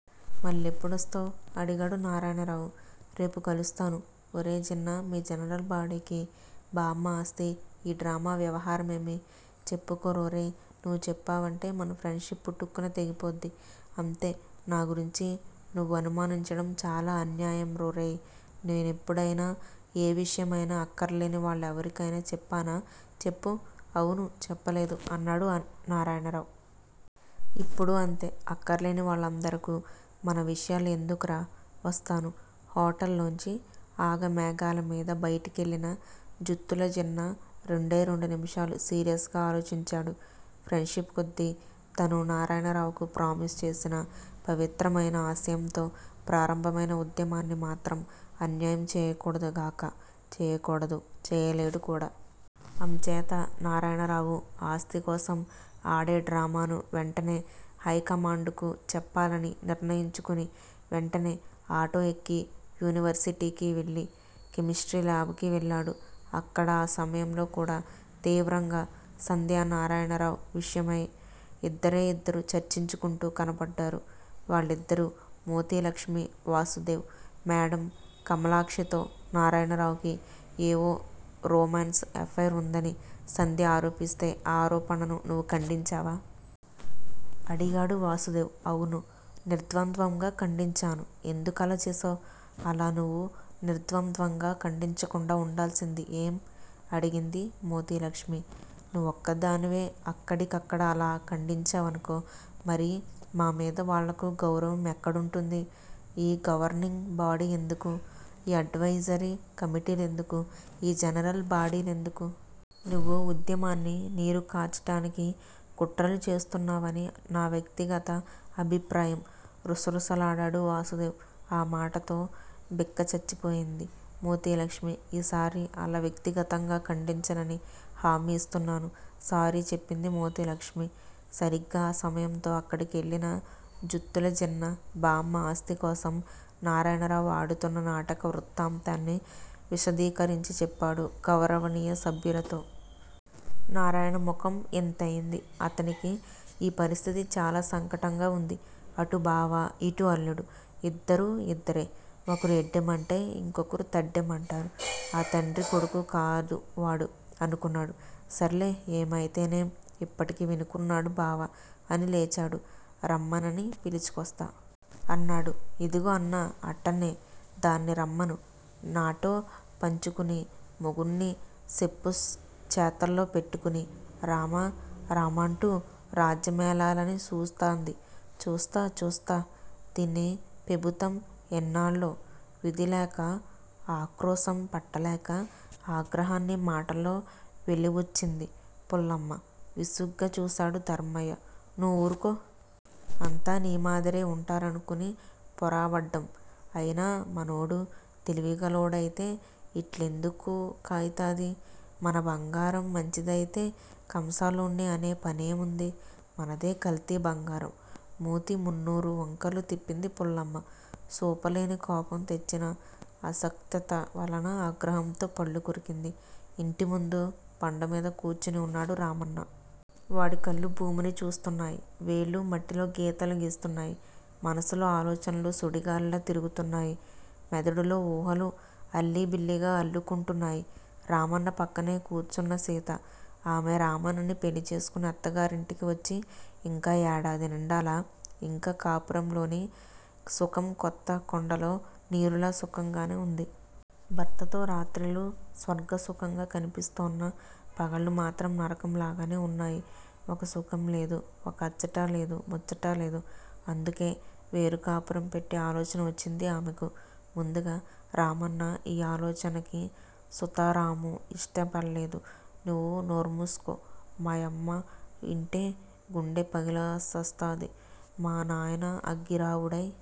మళ్ళెప్పుడొస్తావ్? అడిగాడు నారాయణరావు. రేపు కలుస్తాను ఒరేయ్ చిన్నా మీ జనరల్ బాడీకి బామ్మ ఆస్థి, ఈ డ్రామా వ్యవహారమేమీ చెప్పుకురోరేయ్. నువ్వు చెప్పావంటే మన ఫ్రెండ్ షిప్ పుటుక్కున తెగిపోద్ది అంతే నా గురించి నువ్వనుమానించడం చాలా అన్యాయంరోరేయ్ నేనెప్పుడయినా, ఏ విషయమైనా అక్కర్లేని వాళ్ళెవరికైనా చెప్పానా చెప్పు అవును చెప్పలేదు అన్నాడు నారాయణరావు. ఇప్పుడూ అంతే. అక్కర్లేని వాళ్ళందరకూ మన విషయాలు ఎందుకురా వస్తాను హోటల్ లోంచి ఆఘమేఘాలమీద బయటికెళ్ళిన జుత్తులజిన్నా రెండే రెండునిముషాలు సీరియస్ గా ఆలోచించాడు. ఫ్రెండ్షిప్ కొద్దీ తను నారాయణరావుకు ప్రామిస్ చేసినా పవిత్రమయిన ఆశయంతో ప్రారంభమైన ఉద్యమాన్ని మాత్రం అన్యాయం చేయకూడదుగాక చేయకూడదు-చేయలేడు కూడా. అంచేత నారాయణరావు ఆస్థికోసం ఆడే డ్రామాను వెంటనే హైకమాండుకు చెప్పాలని నిర్ణయించుకుని వెంటనే ఆటో ఎక్కి యూనివర్సిటీకి వెళ్ళి, కెమిస్ట్రీ లాబ్ కి వెళ్ళాడు. అక్కడ ఆ సమయంలోకూడా తీవ్రంగా సంధ్య నారాయణరావ్ విషయమై ఇద్దరే ఇద్దరు చర్చించుకుంటూ కనబడ్డారు. వాళ్ళిద్దరూ మోతీలక్ష్మి, వాసుదేవ్. మేడమ్ కమలాక్షితో, నారాయణరావుకి ఏవో రొమాన్స్ ఎఫైర్ ఉందని సంధ్య ఆరోపిస్తే ఆ ఆరోపణను నువ్వు ఖండించావా? అడిగాడు వాసుదేవ్. అవును! నిర్ద్వంద్వంగా ఖండించాను ఎందుకలా చేశావ్? అలా నువ్వు నిర్ద్వంద్వంగా ఖండించకుండా వుండాల్సింది ఏం? అడిగింది మోతీలక్ష్మీ. నువ్వొక్కదానివే అక్కడికక్కడ అలా ఖండించావనుకో మరి మామీద వాళ్ళకు గౌరవం ఎక్కడుంటుంది? ఈ గవర్నింగ్ బాడీ ఎందుకు? ఈ అడ్వయిజరీ కమిటీలెందుకు? ఈ జనరల్ బాడీలెందుకు? నువ్వు ఉద్యమాన్ని నీరు కార్చటానికి కుట్రలు చేస్తున్నావని నా వ్యక్తి గత అభిప్రాయం రుసరుసలాడాడు వాసుదేవ్. ఆ మాటతో బిక్కచచ్చిపోయింది మోతీలక్ష్మీ. ఈసారి అలా వ్యక్తిగతంగా ఖండించనని హామీ ఇస్తున్నాను సారీ చెప్పింది మోతీలక్ష్మీ. సరిగ్గా ఆ సమయంతో అక్కడికెళ్ళిన జుత్తులచిన్నా బామ్మ ఆస్థికోసం నారాయణరావు ఆడుతున్న నాటక వృత్తాంతాన్ని విశదీకరించిచెప్పాడు గౌరవనీయ సభ్యులతో. నారాయణ ముఖం యింతైంది! అతనికి యీ పరిస్థితి చాల సంకటంగా వుంది. 'అటు బావ! యిటు అల్లుడు! ఇద్దరూ ఇద్దరే! ఒకరు ఎడ్డెం అంటే ఇంకొకరు తెడ్డెం అంటారు. ఆ తండ్రి కొడుకు కాదూ వాడు! అనుకున్నాడు. 'సర్లే ఏమైతేనేం యిప్పటికి వినుకున్నాడు బావ! అని లేచాడు 'రామన్నని పిలుచుకోస్తా! ' అన్నాడు. ఇదిగో అన్నా అట్టనే దాన్ని రమ్మను. నాటో పంచుకుని, మొగున్ని సెప్పు చేతుల్లో పెట్టుకొని రామ రామాంటూ రాజ్జేమేలాలని చూస్తాంది. చూస్తా! చూస్తా! దీని పెబుతం ఎన్నాల్లో! విధిలేక ఆక్రోశం పట్టలేక ఆగ్రహాన్ని మాటల్లో వెలిబుచ్చింది పుల్లమ్మ. విసుగ్గా చూశాడు ధర్మయ్య 'నూవురుకో! అంత నీ మాదిరే' వుంటారనుకుని పోరాబడ్డం! అయినా మనోడు తెలివిగలోడయితే యిట్లేందుకుకయితాది! మన బంగారం మంచిదయితే కంసలోన్ని అనే పనేముంది! మనదే కల్తీ బంగారం! మూతి మున్నురు వంకర్లు తిప్పింది పుల్లమ్మ! చూపలేని కోపం తెచ్చిన అశక్తత వలన ఆగ్రహంతో పళ్ళు కొరికింది. ఇంటిముందు బండ మీద కూర్చుని వున్నాడు రామన్న! వాడి కళ్ళు భూమిని చూస్తున్నాయి. వేళ్ళు మట్టిలో గీతలు గీస్తున్నాయి. మనసులో ఆలోచనలు సుడిగాలిలా తిరుగుతున్నాయి. మెదడులో ఉహాలు అల్లిబిల్లిగా అల్లుకుంటున్నాయి. రామన్న పక్కనే కూర్చున్న సీత! ఆమె రామన్నని పెళ్ళి చేసుకుని అత్తగారింటికి వచ్చి ఇంకా ఏడాది నిండలా! ఇంకా కాపురంలోని సుఖం కొత్త కొండలో నీరులా సుఖంగానే వుంది. భర్తతో రాత్రిళ్ళు స్వర్గసుఖంగా కనిపిస్తోన్న పగళ్ళు మాత్రం నరకం లాగానే వున్నాయి. ఒక సుఖం లేదు. ఒక అచ్చటా లేదు. ముచ్చటా లేదు. అందుకే వేరు కాపురం పెట్టె ఆలోచన వచ్చింది ఆమెకు. ముందుగా రామన్న యీ ఆలోచనకి సుతరామూ యిష్ట పళ్ళేదు. 'నువు నోర్మూసుకో! మా యమ్మ యింటే గుండె పగిలిసస్తాది? మా నాయన అగ్గిరావుడై